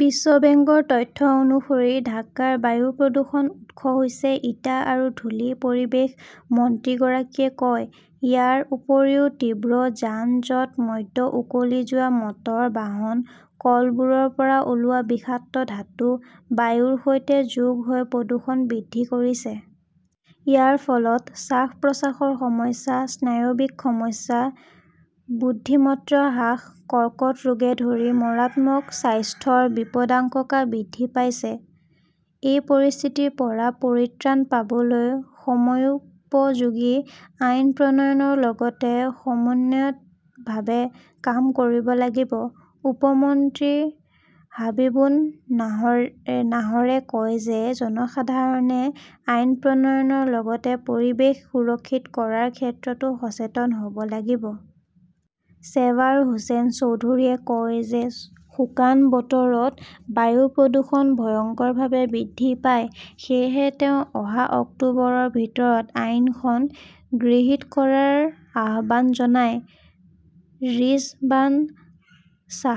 বিশ্ব বেংকৰ তথ্য অনুসৰি ঢাকাৰ বায়ু প্ৰদূষণৰ উৎস হৈছে ইটা আৰু ধূলি, পৰিৱেশ মন্ত্ৰীগৰাকীয়ে কয়। ইয়াৰ উপৰিও তীব্ৰ যান-জঁট, ম্যাদ উকলি যোৱা মটৰ বাহন, কলবোৰৰ পৰা ওলোৱা বিষাক্ত ধাতু বায়ুৰ সৈতে যোগ হৈ প্ৰদূষণ বৃদ্ধি কৰিছে। ইয়াৰ ফলত শ্বাস-প্ৰশ্বাসৰ সমস্যা, স্নায়ৱিক সমস্যা, বুদ্ধিমত্তা হ্ৰাস, কৰ্কট ৰোগকে ধৰি মাৰাত্মক স্বাস্থ্যৰ বিপদাশংকা বৃদ্ধি পাইছে। এই পৰিস্থিতিৰ পৰা পৰিত্ৰাণ পাবলৈ সময়োপযোগী আইন প্ৰণয়নৰ লগতে সমন্বিতভাৱে কাম কৰিব লাগিব। উপ মন্ত্ৰী হাবিবুন নাহৰে কয় যে, জনসাধাৰণে আইন প্ৰণয়নৰ লগতে পৰিৱেশ সুৰক্ষিত কৰাৰ ক্ষেত্ৰতো সচেতন হ'ব লাগিব। শ্বেবাৰ হোসেন চৌধুৰীয়ে কয় যে শুকান বতৰত বায়ু প্ৰদূষণ ভয়ংকৰভাৱে বৃদ্ধি পায়। সেয়েহে তেওঁ অহা অক্টোবৰৰ ভিতৰত আইনখন গৃহীত কৰাৰ আহ্বান জনায়। ৰিজৱানা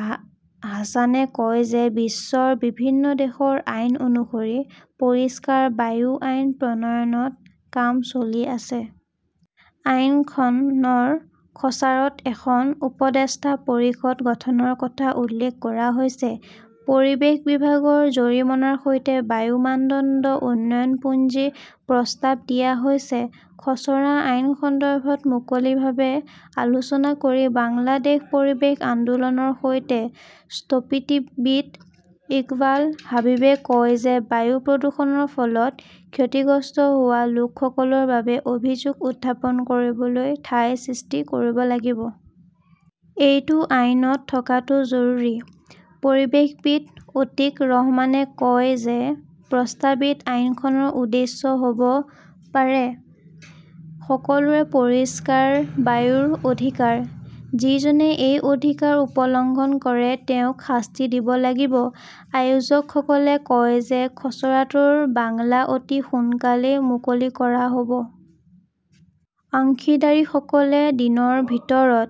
হাছানে কয় যে, বিশ্বৰ বিভিন্ন দেশৰ আইন অনুসৰি পৰিষ্কাৰ বায়ু আইন প্ৰণয়নৰ কাম চলি আছে। আইনখনৰ খচৰাত এখন 'উপদেষ্টা পৰিষদ' গঠনৰ কথা উল্লেখ কৰা হৈছে। পৰিৱেশ বিভাগৰ জৰিমনাৰ সৈতে বায়ু মানদণ্ড উন্নয়ন পুঁজিৰ প্ৰস্তাৱ দিয়া হৈছে। খচৰা আইন সন্দৰ্ভত মুকলিভাৱে আলোচনা কৰি বাংলাদেশ পৰিৱেশ আন্দোলনৰ হৈ স্থপতিবিদ ইকবাল হবীবে কয় যে, বায়ু প্ৰদূষণৰ ফলত ক্ষতিগ্ৰস্ত হোৱা লোকসকলৰ বাবে অভিযোগ উত্থাপন কৰিবলৈ ঠাই সৃষ্টি কৰিব লাগিব। এইটো আইনত থকাটো জৰুৰী। পৰিৱেশবিদ অতীক ৰহমানে কয় যে, প্ৰস্তাৱিত আইনখনৰ উদ্দেশ্য হ'ব পাৰে, সকলোৰে পৰিষ্কাৰ বায়ুৰ অধিকাৰ। যিজনে এই অধিকাৰ উলংঘন কৰে তেওঁক শাস্তি দিব লাগিব। আয়োজকসকলে কয় যে, খচৰাটোৰ বাংলা অতি সোনকালেই মুকলি কৰা হ'ব। অংশীদাৰসকলে দিনৰ ভিতৰত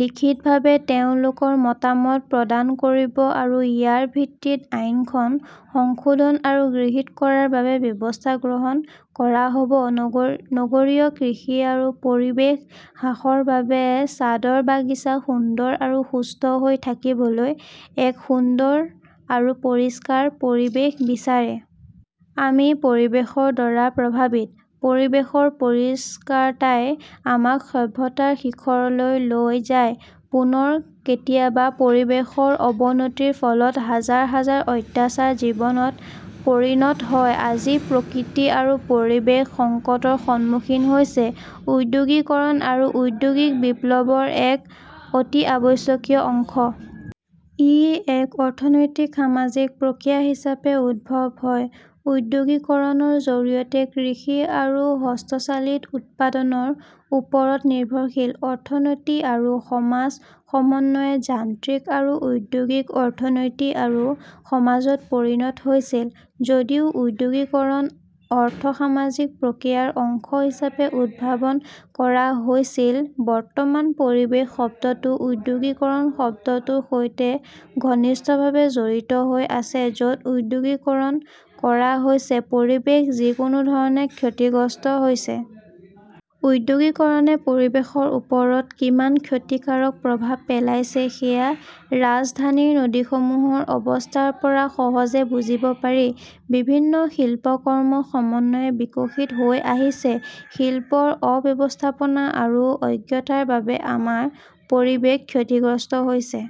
লিখিতভাৱে তেওঁলোকৰ মতামত প্ৰদান কৰিব আৰু ইয়াৰ ভিত্তিত আইনখন সংশোধন আৰু গৃহীত কৰাৰ বাবে ব্যৱস্থা গ্ৰহণ কৰা হ 'ব। নগৰীয়া কৃষি আৰু পৰিৱেশ হ্ৰাসৰ বাবে ছাদৰ বাগিচা সুন্দৰ আৰু সুস্থ হৈ থাকিবলৈ এক সুন্দৰ আৰু পৰিষ্কাৰ পৰিৱেশ বিচাৰে। আমি পৰিৱেশৰ দ্বাৰা প্ৰভাৱিত। পৰিৱেশৰ পৰিষ্কাৰতাই আমাক সভ্যতাৰ শিখৰলৈ লৈ যায়। পুনৰ কেতিয়াবা পৰিৱেশৰ অৱনতিৰ ফলত হাজাৰ হাজাৰ অত্যাচাৰ জীৱনত পৰিণত হয়। আজি প্ৰকৃতি আৰু পৰিৱেশ সংকটৰ সন্মুখীন হৈছে। ঔদ্যোগিকৰণ হৈছে ঔদ্যোগিক বিপ্লৱৰ এক অত্যাৱশ্যকীয় অংশ। ই এক অৰ্থনৈতিক, সামাজিক প্ৰক্ৰিয়া হিচাপে উদ্ভৱ হয়। ঔদ্যোগিকৰণৰ জৰিয়তে কৃষি আৰু হস্তচালিত উৎপাদনৰ ওপৰত নিৰ্ভৰশীল অৰ্থনীতি আৰু সমাজ ক্ৰমান্বয়ে যান্ত্ৰিক আৰু ঔদ্যোগিক অৰ্থনীতি আৰু সমাজত পৰিণত হৈছিল। যদিও ঔদ্যোগিকীকৰণ অৰ্থ-সামাজিক প্ৰক্ৰিয়াৰ অংশ হিচাপে উদ্ভাৱন কৰা হৈছিল, বৰ্তমান পৰিৱেশ শব্দটো ঔদ্যোগিকৰণ শব্দটোৰ সৈতে ঘনিষ্ঠভাৱে জড়িত হৈ আছে, য 'ত ঔদ্যোগিকৰণ কৰা হৈছে, পৰিৱেশ যিকোনো ধৰণে ক্ষতিগ্ৰস্ত হৈছে। ঔদ্যোগিকৰণে পৰিৱেশৰ ওপৰত কিমান ক্ষতিকাৰক প্ৰভাৱ পেলাইছে সেয়া ৰাজধানীৰ নদীসমূহৰ অৱস্থাৰ পৰা সহজেই বুজিব পাৰি। বিভিন্ন শিল্পকৰ্ম ক্ৰমান্বয়ে বিকশিত হৈ আহিছে। শিল্পৰ অব্যৱস্থাপনা আৰু অজ্ঞতাৰ বাবে আমাৰ পৰিৱেশ ক্ষতিগ্ৰস্ত হৈছে।